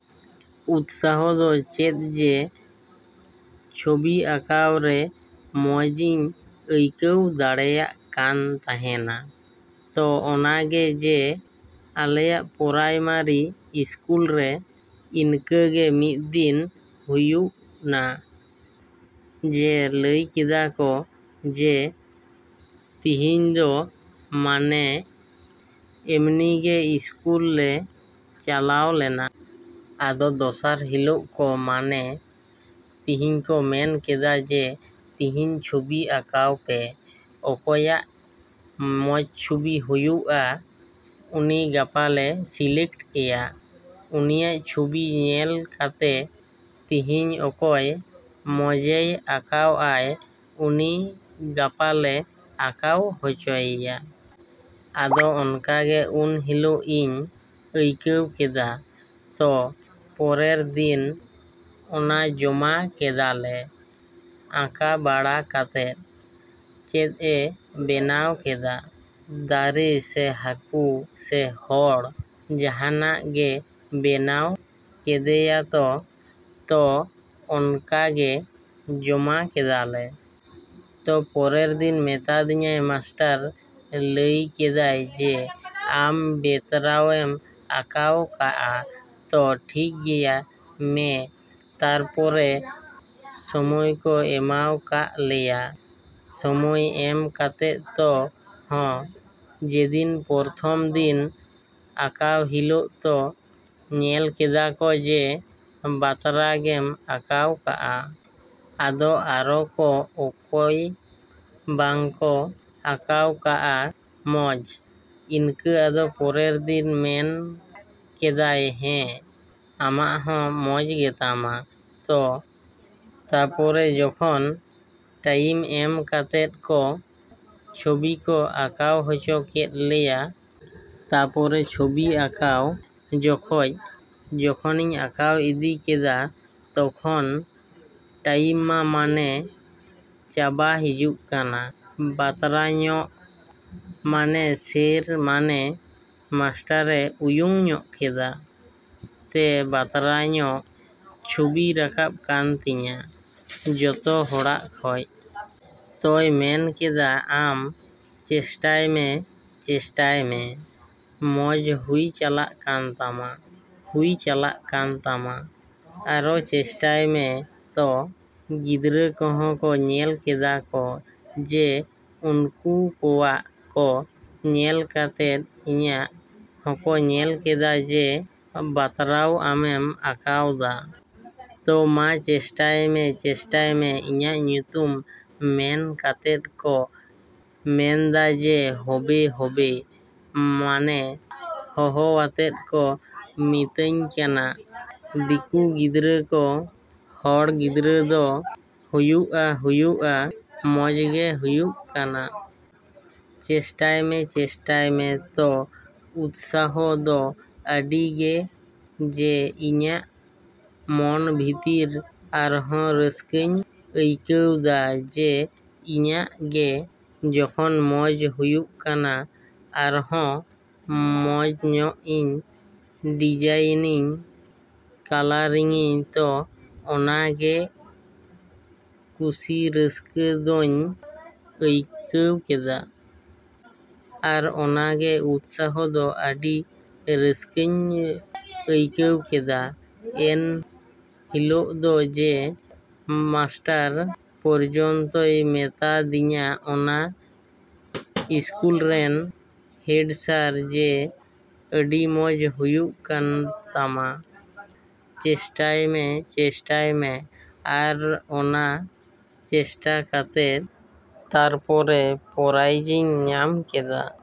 ‎ᱩᱛᱥᱟᱦᱚ ᱫᱚ ᱪᱮᱫ ᱡᱮ, ᱪᱷᱚᱵᱤ ᱟᱸᱠᱟᱣ ᱨᱮ ᱢᱚᱡᱤᱧ ᱟᱸᱠᱟᱣ ᱫᱟᱲᱮᱭᱟᱜ ᱠᱟᱱ ᱛᱟᱦᱮᱱᱟ᱾ ᱛᱚ, ᱚᱱᱠᱟ ᱜᱮ ᱡᱮ, ᱟᱞᱮᱭᱟᱜ ᱯᱨᱟᱭᱢᱟᱨᱤ ᱤᱥᱠᱩᱞ ᱨᱮ ᱤᱱᱠᱟᱹᱜᱮ ᱢᱤᱫ ᱫᱤᱱ ᱦᱩᱭᱱᱟ ᱡᱮ, ᱞᱟᱹᱭ ᱠᱮᱫᱟ ᱠᱚ ᱡᱮ, ᱛᱤᱦᱤᱧ ᱫᱚ ᱢᱟᱱᱮ ᱮᱢᱱᱤ ᱜᱮ ᱤᱥᱠᱩᱞ ᱞᱮ ᱪᱟᱞᱟᱣ ᱞᱮᱱᱟ᱾ ᱟᱫᱚ ᱫᱚᱥᱟᱨ ᱦᱤᱞᱳᱜ ᱠᱚ ᱢᱟᱱᱮ ᱛᱤᱦᱤᱧ ᱠᱚ ᱢᱮᱱ ᱠᱮᱫᱟ ᱡᱮ, ᱛᱤᱦᱤᱧ ᱪᱷᱚᱵᱤ ᱟᱸᱠᱟᱣ ᱯᱮ ᱾ ᱚᱠᱚᱭᱟᱜ ᱢᱚᱡᱽ ᱪᱷᱚᱵᱤ ᱦᱩᱭᱩᱜᱼᱟ ᱩᱱᱤ ᱜᱟᱯᱟᱞᱮ ᱥᱤᱞᱮᱠᱴᱮᱭᱟ᱾ ᱩᱱᱤᱭᱟᱜ ᱪᱷᱚᱵᱤ ᱧᱮᱞ ᱠᱟᱛᱮᱫ ᱛᱤᱦᱤᱧ ᱚᱠᱚᱭ ᱢᱚᱡᱮᱭ ᱟᱸᱠᱟᱣ ᱟᱭ ᱩᱱᱤ ᱜᱟᱯᱟᱞᱮ ᱟᱸᱠᱟᱣ ᱦᱚᱪᱚᱭ ᱮᱭᱟ᱾ ᱟᱫᱚ ᱚᱱᱠᱟ ᱜᱮ ᱩᱱ ᱦᱤᱞᱟᱹᱜ ᱤᱧ ᱟᱸᱠᱟᱣ ᱠᱮᱫᱟ᱾ ᱛᱚ, ᱯᱚᱨᱮᱨ ᱫᱤᱱ ᱚᱱᱟ ᱡᱚᱢᱟ ᱠᱮᱫᱟᱞᱮ ᱟᱸᱠᱟ ᱵᱟᱲᱟ ᱠᱟᱛᱮᱫ᱾ ᱪᱮᱫᱼᱮ ᱵᱮᱱᱟᱣ ᱠᱮᱫ? ᱫᱟᱨᱮ, ᱥᱮ ᱦᱟᱹᱠᱩ, ᱥᱮ ᱦᱚᱲ ᱡᱟᱦᱟᱱᱟᱜ ᱜᱮ᱾ ᱵᱮᱱᱟᱣ ᱠᱮᱫᱮᱭᱟᱛᱚ᱾ ᱛᱚ, ᱚᱱᱠᱟᱜᱮ ᱡᱚᱢᱟ ᱠᱮᱫᱟᱞᱮ᱾ ᱛᱚ, ᱯᱚᱨᱮᱨ ᱫᱤᱱ ᱢᱮᱛᱟᱫᱤᱧᱟᱹᱭ ᱢᱟᱥᱴᱟᱨ ᱞᱟᱹᱭᱠᱮᱫᱟᱭ ᱡᱮ, ᱟᱢ ᱵᱟᱛᱨᱟᱣᱮᱢ ᱟᱸᱠᱟᱣ ᱠᱟᱜᱼᱟ᱾ ᱛᱚ, ᱴᱷᱤᱠᱜᱮᱭᱟ ᱢᱮ᱾ ᱛᱟᱯᱚᱨᱮ ᱥᱚᱢᱚᱭ ᱠᱚ ᱮᱢᱟᱣ ᱠᱟᱜ ᱞᱮᱭᱟ᱾ ᱥᱚᱢᱚᱭ ᱮᱢ ᱠᱟᱛᱮᱫ ᱛᱚ, ᱦᱚᱸ, ᱡᱮᱫᱤᱱ ᱯᱨᱚᱛᱷᱚᱢ ᱫᱤᱱ ᱟᱸᱠᱟᱣ ᱦᱤᱞᱟᱹᱜ ᱛᱚ, ᱧᱮᱞ ᱠᱮᱫᱟ ᱠᱚ ᱡᱮ, ᱵᱟᱛᱨᱟ ᱜᱮᱢ ᱟᱸᱠᱟᱣ ᱠᱟᱜᱼᱟ᱾ ᱟᱫᱚ ᱟᱨᱚ ᱠᱚ ᱚᱠᱚᱭ ᱠᱚ ᱵᱟᱝᱠᱚ ᱟᱠᱸᱟᱣ ᱠᱟᱜᱼᱟ ᱢᱚᱡᱽ ᱤᱱᱠᱟᱹ ᱟᱫᱚ ᱯᱚᱨᱮᱨ ᱫᱤᱱ ᱢᱮᱱ ᱠᱮᱫᱟᱭ ᱦᱮᱸ, ᱟᱢᱟᱜ ᱦᱚᱸ ᱢᱚᱡᱽ ᱜᱮᱛᱟᱢᱟ᱾ ᱛᱚ, ᱛᱟᱯᱚᱨᱮ ᱡᱚᱠᱷᱚᱱ ᱴᱟᱭᱤᱢ ᱮᱢ ᱠᱟᱛᱮᱫ ᱠᱚ ᱪᱷᱚᱵᱤ ᱠᱚ ᱟᱸᱠᱟᱣ ᱦᱚᱪᱚ ᱠᱮᱫ ᱞᱮᱭᱟ᱾ ᱛᱟᱯᱚᱨᱮ ᱪᱷᱚᱵᱤ ᱟᱸᱠᱟᱣ ᱡᱚᱠᱷᱚᱡ, ᱡᱚᱠᱷᱚᱱᱤᱧ ᱟᱸᱠᱟᱣ ᱤᱫᱤ ᱠᱮᱫᱟ ᱛᱚᱠᱷᱚᱱ ᱴᱟᱭᱤᱢ ᱢᱟ ᱢᱟᱱᱮ ᱪᱟᱵᱟ ᱦᱤᱡᱩᱜ ᱠᱟᱱᱟ᱾ ᱟᱫᱚ ᱵᱟᱛᱨᱟ ᱧᱚᱜ ᱢᱟᱱᱮ ᱥᱮᱨ ᱢᱟᱱᱮ ᱢᱟᱥᱴᱟᱨᱮᱭ ᱩᱭᱩᱝ ᱧᱚᱜ ᱠᱮᱫᱟ᱾ ᱛᱮ, ᱵᱟᱛᱨᱟ ᱧᱚᱜ ᱪᱷᱚᱵᱤ ᱨᱟᱠᱟᱵ ᱠᱟᱱ ᱛᱤᱧᱟᱹ ᱡᱚᱛᱚ ᱦᱚᱲᱟᱜ ᱠᱷᱚᱡ᱾ ᱛᱚᱭ ᱢᱮᱱ ᱠᱮᱫᱟ ᱢᱟ ᱪᱮᱥᱴᱟᱭ ᱢᱮ ᱪᱮᱥᱴᱟᱭ ᱢᱮ ᱢᱚᱡᱽ ᱦᱩᱭ ᱪᱟᱞᱟᱜ ᱠᱟᱱ ᱛᱟᱢᱟ, ᱦᱩᱭ ᱪᱟᱞᱟᱜ ᱠᱟᱱ ᱛᱟᱢᱟ ᱟᱨᱚ ᱪᱮᱥᱴᱟᱭ ᱢᱮ᱾ ᱛᱚ, ᱜᱤᱫᱽᱨᱟᱹ ᱠᱚᱦᱚᱸ ᱠᱚ ᱧᱮᱞ ᱠᱮᱫᱟ ᱠᱚ ᱡᱮ, ᱩᱱᱠᱩ ᱠᱚᱣᱟᱜ ᱠᱚ ᱧᱮᱞ ᱠᱟᱛᱮᱫ ᱤᱧᱟᱹᱜ ᱦᱚᱸᱠᱚ ᱧᱮᱞ ᱠᱮᱫᱟ ᱡᱮ ᱵᱟᱛᱨᱟᱣ ᱟᱢᱮᱢ ᱟᱸᱠᱟᱣᱫᱟ᱾ ᱛᱚ, ᱢᱟ ᱪᱮᱥᱴᱟᱭ ᱢᱮ ᱪᱮᱥᱴᱟᱭ ᱢᱮ ᱤᱧᱟᱹᱜ ᱧᱩᱛᱩᱢ ᱢᱮᱱ ᱠᱟᱛᱮᱫ ᱠᱚ ᱢᱮᱱᱫᱟ ᱡᱮ, ᱦᱚᱵᱮ ᱦᱚᱵᱮ ᱢᱟᱱᱮ ᱦᱚᱦᱚᱣᱟᱛᱮᱫ ᱠᱚ ᱢᱤᱛᱟᱹᱧ ᱠᱟᱱᱟ ᱫᱤᱠᱩ ᱜᱤᱫᱽᱨᱟᱹ ᱠᱚ, ᱦᱚᱲ ᱜᱤᱫᱽᱨᱟᱹ ᱫᱚ ᱦᱩᱭᱩᱜᱼᱟ ᱦᱩᱭᱩᱜᱼᱟ ᱢᱚᱡᱽ ᱜᱮ ᱦᱩᱭᱩᱜ ᱠᱟᱱᱟ᱾ ᱪᱮᱥᱴᱟᱭ ᱢᱮ ᱪᱮᱥᱴᱟᱭ ᱢᱮ᱾ ᱛᱚ, ᱩᱛᱥᱟᱦᱚ ᱫᱚ ᱚᱸᱰᱮ ᱜᱮ ᱡᱮ ᱤᱧᱟᱹᱜ ᱢᱚᱱ ᱵᱷᱤᱛᱨᱤ ᱟᱨᱦᱚᱸ ᱨᱟᱹᱥᱠᱟᱹᱧ ᱟᱹᱭᱠᱟᱣ ᱫᱟ ᱡᱮ, ᱤᱧᱟᱹᱜ ᱜᱮ ᱡᱚᱠᱷᱚᱱ ᱢᱚᱡᱽ ᱦᱩᱭᱩᱜ ᱠᱟᱱᱟ ᱟᱨᱦᱚᱸ ᱢᱚᱡᱽ ᱧᱚᱜ ᱤᱧ ᱰᱤᱡᱟᱭᱤᱱᱤᱧ ᱠᱟᱞᱟᱨᱤᱝᱤᱧ᱾ ᱛᱚ, ᱚᱱᱟ ᱜᱮ ᱠᱩᱥᱤ ᱨᱟᱹᱥᱠᱟᱹ ᱫᱚᱧ ᱟᱹᱭᱠᱟᱹᱣ ᱠᱮᱫᱟ᱾ ᱟᱨ ᱚᱱᱟ ᱜᱮ ᱩᱛᱥᱟᱦᱚ ᱫᱚ ᱟᱹᱰᱤ ᱨᱟᱹᱥᱠᱟᱹᱧ ᱟᱹᱭᱠᱟᱹᱣ ᱠᱮᱫᱟ ᱮᱱ ᱦᱤᱞᱳᱜ ᱫᱚ ᱡᱮ, ᱢᱟᱥᱴᱟᱨ ᱯᱚᱨᱡᱚᱱᱛᱚᱭ ᱢᱮᱛᱟ ᱫᱤᱧᱟᱹ ᱚᱱᱟ ᱤᱥᱠᱩᱞ ᱨᱮᱱ ᱦᱮᱰ ᱥᱟᱨ ᱡᱮ, ᱟᱹᱰᱤ ᱢᱚᱡᱽ ᱦᱩᱭᱩᱜ ᱠᱟᱱ ᱛᱟᱢᱟ ᱪᱮᱥᱴᱟᱭ ᱢᱮ, ᱪᱮᱥᱴᱟᱭ ᱢᱮ ᱟᱨ, ᱚᱱᱟ ᱪᱮᱥᱴᱟ ᱠᱟᱛᱮᱫ ᱛᱟᱯᱚᱨᱮ ᱯᱨᱟᱭᱤᱡ ᱤᱧ ᱧᱟᱢ ᱠᱮᱫᱟ᱾ ‎